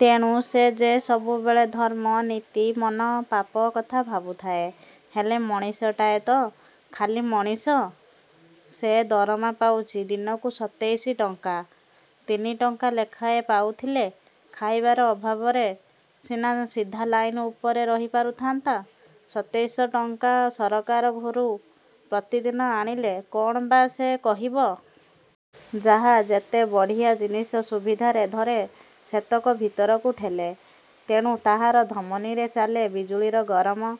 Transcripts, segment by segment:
ତେଣୁ ସେ ଯେ ସବୁବେଳେ ଧର୍ମ, ନୀତି, ମନ, ପାପ କଥା ଭାବୁଥାଏ। ହେଲେ ମଣିଷଟାଏ ତ। -ଖାଲି ମଣିଷ? ସେ ଦରମା ପାଉଛି ଦିନକୁ ସତେଇଶି ଟଙ୍କା। ତିନିଟଙ୍କା ଲେଖାଁଏ ପାଉଥିଲେ ଖାଇବାର ଅଭାବରେ ସିନା ସିଧା ଲାଇନ ଉପରେ ରହି ପାରୁଥାନ୍ତା। ସତେଇଶ ଟଙ୍କା ସରକାର ଘରୁ ପ୍ରତିଦିନ ଆଣିଲେ କ'ଣ ବା ସେ କହିବ? ଯାହା ଯେତେ ବଢ଼ିଆ ଜିନିଷ ସୁବିଧାରେ ଧରେ ସେତକ ଭିତରକୁ ଠେଲେ। ତେଣୁ ତାହାର ଧମନୀରେ ଚାଲେ ବିଜୁଳିର ଗରମ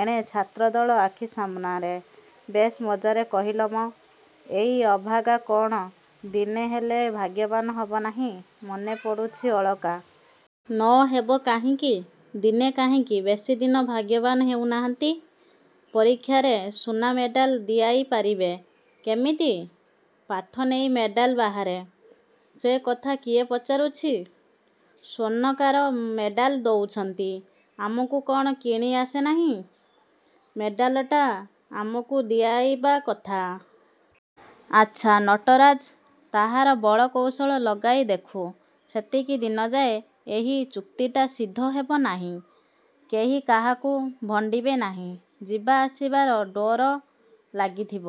ଏଣେ ଛାତ୍ର ଦଳ ଆଖି ସାମନାରେ। -ବେଶ୍ ମଜ୍ଜାରେ କହିଲ ମ। ଏଇ ଅଭାଗା କ'ଣ ଦିନେହେଲେ ଭାଗ୍ୟବାନ୍ ହବ ନାହିଁ-? ମନେ ପଡ଼ୁଛି ଅଳକା? -ନ ହେବ କାହିଁକି? ଦିନେ କାହିଁକି ବେଶୀଦିନ ଭାଗ୍ୟବାନ୍ ହେଉ ନାହାନ୍ତି? ପରୀକ୍ଷାରେ ସୁନା ମେଡ଼ାଲ ଦିଆଇ ପାରିବେ? -କେମିତି? ପାଠ ନେଇ ମେଡ଼ାଲ ବାହାରେ। -ସେ କଥା କିଏ ପଚାରୁଛି? ସ୍ୱର୍ଣ୍ଣକାର ମେଡ଼ାଲ ଦଉଛନ୍ତି। ଆମକୁ କ'ଣ କିଣି ଆସେ ନାହିଁ? ମେଡ଼ାଲଟା ଆମକୁ ଦିଆଇବା କଥା। ଆଛା ନଟରାଜ ତାହାର ବଳ କୌଶଳ ଲଗାଇ ଦେଖୁ। -ସେତିକି ଦିନଯାଏ ଏହି ଚୁକ୍ତିଟା ସିଦ୍ଧ ହେବ ନାହିଁ। କେହି କାହାକୁ ଭଣ୍ଡିବେ ନାହିଁ। ଯିବା ଆସିବାର ଡୋର ଲାଗିଥିବ।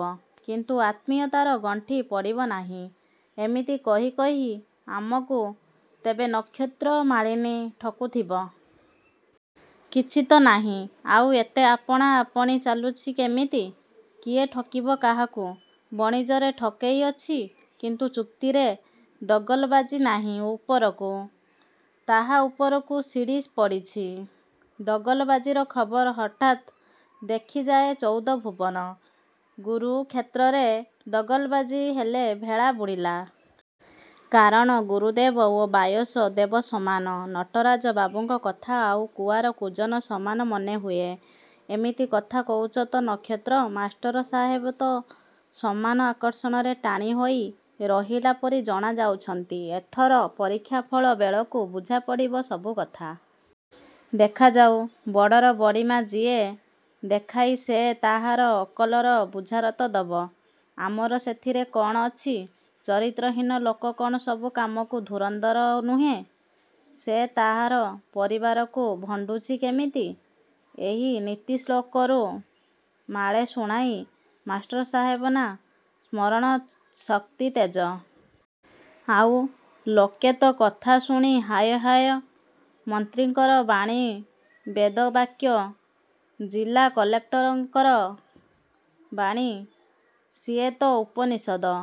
କିନ୍ତୁ ଆତ୍ମୀୟତାର ଗଣ୍ଠି ପଡ଼ିବ ନାହିଁ। -ଏମିତି କହି କହି ଆମକୁ ତେବେ ନକ୍ଷତ୍ରମାଳିନୀ ଠକୁଥିବ। କିଛି ତ ନାହିଁ। ଆଉ ଏତେ ଆପଣା-ଆପଣି ଚାଲୁଛି କେମିତି? କିଏ ଠକିବ କାହାକୁ? -ବଣିଜରେ ଠକେଇ ଅଛି। କିନ୍ତୁ ଚୁକ୍ତିରେ ଦଗଲବାଜି ନାହିଁ ଉପରକୁ, ତାହା ଉପରକୁ, ସିଡ଼ି ପଡ଼ିଛି। ଦଗଲବାଜିର ଖବର ହଠାତ୍ ଖେଦିଯାଏ ଚଉଦ ଭୁବନ। ଗୁରୁ-କ୍ଷେତ୍ରରେ ଦଗଲବାଜୀ ହେଲେ ଭେଳା ବୁଡ଼ିଲା। କାରଣ ଗୁରୁଦେବ ଓ ବାୟସ-ଦେବ ସମାନ। ନଟରାଜ ବାବୁଙ୍କ କଥା ଆଉ କୁଆର କୂଜନ ସମାନ ମନେହୁଏ। -ଏମିତି କଥା କହୁଛ ତ ନକ୍ଷତ୍ର। ମାଷ୍ଟର ସାହେବ ତ ସମାନ ଆକର୍ଷଣରେ ଟାଣି ହୋଇ ରହିଲା ପରି ଜଣା ଯାଉଛନ୍ତି। ଏଥର ପରୀକ୍ଷା ଫଳ ବେଳକୁ ବୁଝାପଡ଼ିବ ସବୁକଥା। -ଦେଖାଯାଉ। ବଡ଼ର ବଡ଼ିମା ଯିଏ ଦେଖାଇ ସେ ତାହାର ଅକଲର ବୁଝାରତ ଦବ। ଆମର ସେଥିରେ କ'ଣ ଅଛି? ଚରିତ୍ରହୀନ ଲୋକ କ'ଣ ସବୁ କାମକୁ ଧୁରନ୍ଧର ନୁହେଁ? -ସେ ତାହାର ପରିବାରକୁ ଭଣ୍ଡୁଛି କେମିତି? -ଏହି। ନୀତିଶ୍ଳୋକରୁ ମାଳେ ଶୁଣାଇ। ମାଷ୍ଟର ସାହେବ ନା-ସ୍ମରଣ ଶକ୍ତି ତେଜ। ଆଉ ଲୋକେ ତ କଥା ଶୁଣି ହାୟ-ହାୟ। ମନ୍ତ୍ରୀଙ୍କର ବାଣୀ ବେଦବାକ୍ୟ। ଜିଲା କଲେକ୍ଟରଙ୍କର ବାଣୀ-ସିଏ ତ ଉପନିଷଦ।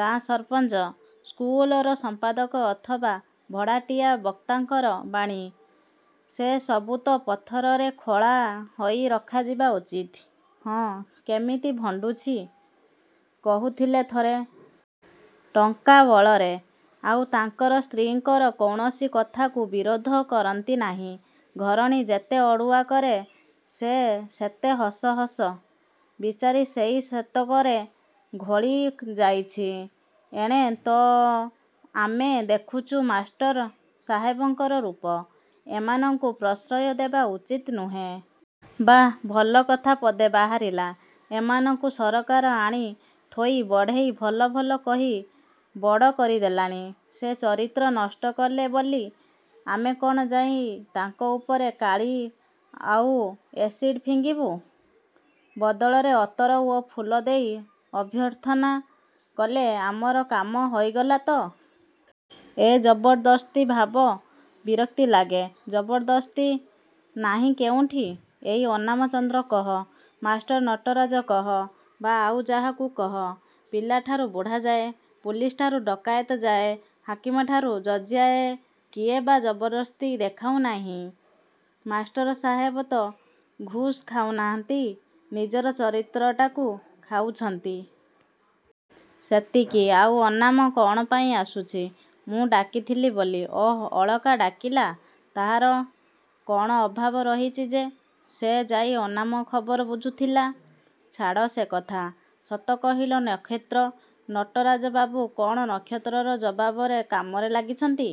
ଗାଁ ସରପଞ୍ଚ-ସ୍କୁଲର ସମ୍ପାଦକ ଅବା ଭଡ଼ାଟିଆ ବକ୍ତାଙ୍କର ବାଣୀ-ସେ ସବୁ ତ ପଥରରେ ଖୋଳା ହୋଇ ରଖାଯିବା ଉଚିତ୍। -ହଁ, କେମିତି ଭଣ୍ଡୁଛି? -କହୁଥିଲେ ଥରେ। ଟଙ୍କା ବଳରେ। ଆଉ ତାଙ୍କର ସ୍ତ୍ରୀଙ୍କର କୌଣସି କଥାକୁ ବିରୋଧ କରନ୍ତି ନାହିଁ। ଘରଣୀ ଯେତେ ଅଡ଼ୁଆ କରେ ସେ ସେତେ ହସ-ହସ। ବିଚାରୀ ସେଇ ସେତକରେ ଘୋଳି ଯାଇଛି। ଏଣେ ତ ଆମେ ଦେଖୁଛୁ ମାଷ୍ଟର ସାହେବଙ୍କର ରୂପ। -ଏମାନଙ୍କୁ ପ୍ରଶ୍ରୟ ଦେବା ଉଚିତ୍ ନୁହେଁ। -ବାଃ, ଭଲ କଥା ପଦେ ବାହାରିଲା। ଏମାନଙ୍କୁ ସରକାର ଆଣି ଥୋଇ ବଢ଼େଇ ଭଲ ଭଲ କହି ବଡ଼ କରି ଦେଲାଣି। ସେ ଚରିତ୍ର ନଷ୍ଟ କଲେ ବୋଲି ଆମେ କ'ଣ ଯାଇ ତାଙ୍କ ଉପରେ କାଳି ଆଉ ଏସିଡ଼୍ ଫିଙ୍ଗିବୁ? -ବଦଳରେ ଅତର ଓ ଫୁଲ ଦେଇ ଅଭ୍ୟର୍ଥନା କଲେ ଆମର କାମ ହୋଇଗଲା ତ। -ଏ ଜବରଦସ୍ତି ଭାବ ବିରକ୍ତ ଲାଗେ। -ଜବରଦସ୍ତି ନାହିଁ କେଉଁଠି? ଏଇ ଅନାମ ଚନ୍ଦ୍ର କହ, ମାଷ୍ଟର ନଟରାଜ କହ ବା ଆଉ ଯାହାକୁ କହ ପିଲାଠାରୁ ବୁଢ଼ାଯାଏ, ପୁଲିସ ଠାରୁ ଡକାଏତ ଯାଏ, ହାକିମଠାରୁ ଜଜ୍ଯାଏ କିଏ ବା ଜବରଦସ୍ତି ଦେଖାଉ ନାହିଁ? ମାଷ୍ଟର ସାହେବ ତ ଘୁସ୍ ଖାଉ ନାହାନ୍ତି-ନିଜର ଚରିତ୍ରଟାକୁ ଖାଉଛନ୍ତି-। ସେତିକି, ଆଉ ଅନାମ କ'ଣ ପାଇଁ ଆସୁଛି? -ମୁଁ ଡାକିଥିଲି ବୋଲି। -ଓଃ, ଅଳକା ଡାକିଲା। ତାହାର କ'ଣ ଅଭାବ ରହିଛି ଯେ ସେ ଯାଇ ଅନାମ ଖବର ବୁଝୁଥିଲା? -ଛାଡ଼ ସେ କଥା। ସତ କହିଲ ନକ୍ଷତ୍ର-ନଟରାଜବାବୁ କ'ଣ ନକ୍ଷତ୍ରର ଜବାବରେ କାମରେ ଲାଗିଛନ୍ତି?